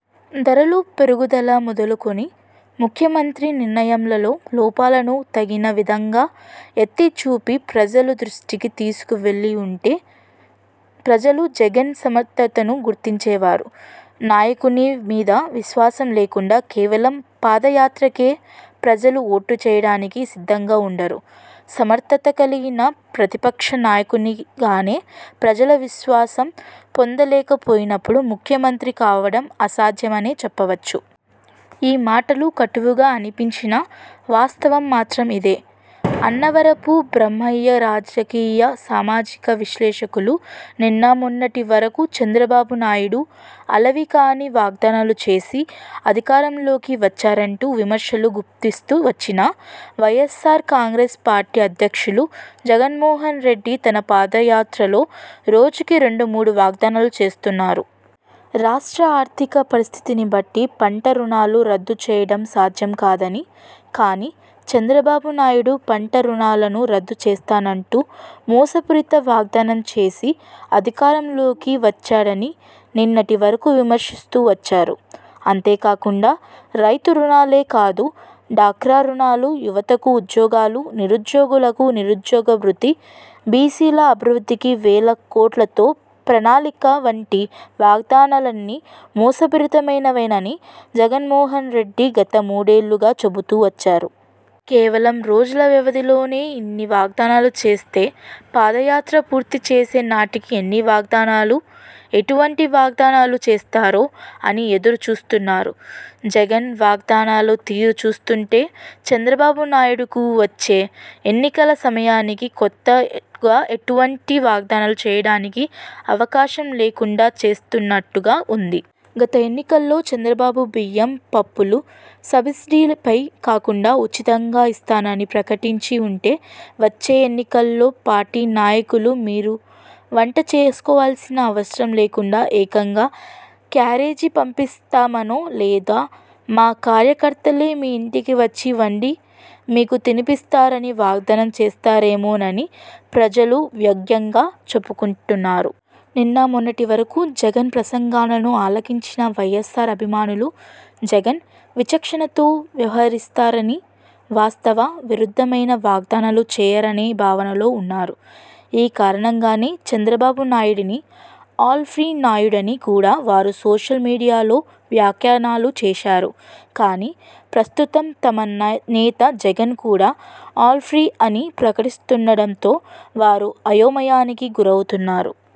ధరలు పెరుగుదల మొదలుకొని, ముఖ్యమంత్రి నిర్ణయాలలో లోపాలను తగిన విధంగా ఎత్తి చూపి ప్రజలు దృష్టికి తీసుకు వెళ్లివుంటే ప్రజలు జగన్ సమర్థతను గుర్తించేవారు. నాయకుని మీద విశ్వాసం లేకుండా కేవలం పాదయాత్రకే ప్రజలు ఓటు చేయడానికి సిద్ధంగా వుండరు. సమర్థత కలిగిన ప్రతిపక్ష నాయకునిగానే ప్రజల విశ్వాసం పొందలేకపోయినప్పుడు ముఖ్యమంత్రి కావడం అసాధ్యమనే చెప్పవచ్చు. ఈ మాటలు కటువుగా అనిపించినా వాస్తవం మాత్రం ఇదే. అన్నవరపు బ్రహ్మయ్యరాజకీయ– సామాజిక విశ్లేషకులు నిన్న మొన్నటి వరకు చంద్రబాబు నాయుడు అలవికాని వాగ్దానాలు చేసి అధికారంలోకి వచ్చారంటూ విమర్శలు గుప్పిస్తూ వచ్చిన వైఎస్ఆర్ కాంగ్రెస్ పార్టీ అధ్యక్షులు జగన్మోహన రెడ్డి తన పాదయాత్రలో రోజుకి రెండు మూడు వాగ్దానాలు చేస్తున్నారు! రాష్ట్ర ఆర్థిక పరిస్థితిని బట్టి పంట రుణాలు రద్దు చేయడం సాధ్యం కాదని, కానీ చంద్రబాబు నాయుడు పంట రుణాలు రద్దు చేస్తానంటూ మోసపూరిత వాగ్దానం చేసి అధికారంలోకి వచ్చాడని నిన్నటి వరకు విమర్శిస్తూ వచ్చారు. అంతేకాకుండా రైతు రుణాలే కాదు డ్వాక్రా రుణాలు, యువతకు ఉద్యోగాలు, నిరుద్యోగులకు నిరుద్యోగ భృతి, బీసీల అభివృద్ధికి వేల కోట్లతో ప్రణాళిక వంటి వాగ్దానాలన్నీ మోసపూరితమైనవేనని జగన్మోహన రెడ్డి గత మూడేళ్ళుగా చెబుతూ వచ్చారు. కేవలం రోజుల వ్యవధిలోనే ఇన్ని వాగ్దానాలు చేస్తే పాదయాత్ర పూర్తి చేసే నాటికి ఎన్ని వాగ్దానాలు, ఎటువంటి వాగ్దానాలు చేస్తారో అని ఎదురు చూస్తున్నారు. జగన్ వాగ్దానాల తీరు చూస్తుంటే చంద్రబాబు నాయుడుకు వచ్చే ఎన్నికల సమయానికి కొత్తగా ఎటువంటి వాగ్దానాలు చేయడానికి అవకాశం లేకుండా చేస్తున్నట్టుగా వుంది. గత ఎన్నికల్లో చంద్రబాబు బియ్యం, పప్పులు సబ్సిడీపై కాకుండా ఉచితంగా ఇస్తానని ప్రకటించి వుంటే వచ్చే ఎన్నికల్లో పార్టీ నాయకులు మీరు వంట చేసుకోవాల్సిన అవసరం లేకుండా ఏకంగా క్యారేజీ పంపిస్తామనో లేదా మా కార్యకర్తలే మీ ఇంటికి వచ్చి వండి మీకు తినిపిస్తారని వాగ్దానం చేస్తారేమోనని ప్రజలు వ్యంగ్యంగా చెప్పుకొంటున్నారు. నిన్న మొన్నటి వరకు జగన్ ప్రసంగాలను ఆలకించిన వైఎస్ఆర్ అభిమానులు జగన్ విచక్షణతో వ్యవహరిస్తారని, వాస్తవ విరుద్ధమైన వాగ్దానాలు చేయరనే భావనలో వున్నారు. ఈ కారణంగానే చంద్రబాబు నాయుడిని ఆల్ ఫ్రీ నాయుడని కూడా వారు సోషల్ మీడియాలో వ్యాఖ్యానాలు చేశారు. కానీ, ప్రస్తుతం తమ నేత జగన్ కూడా ఆల్ ఫ్రీ అని ప్రకటిస్తుండటంతో వారు అయోమయానికి గురవుతున్నారు.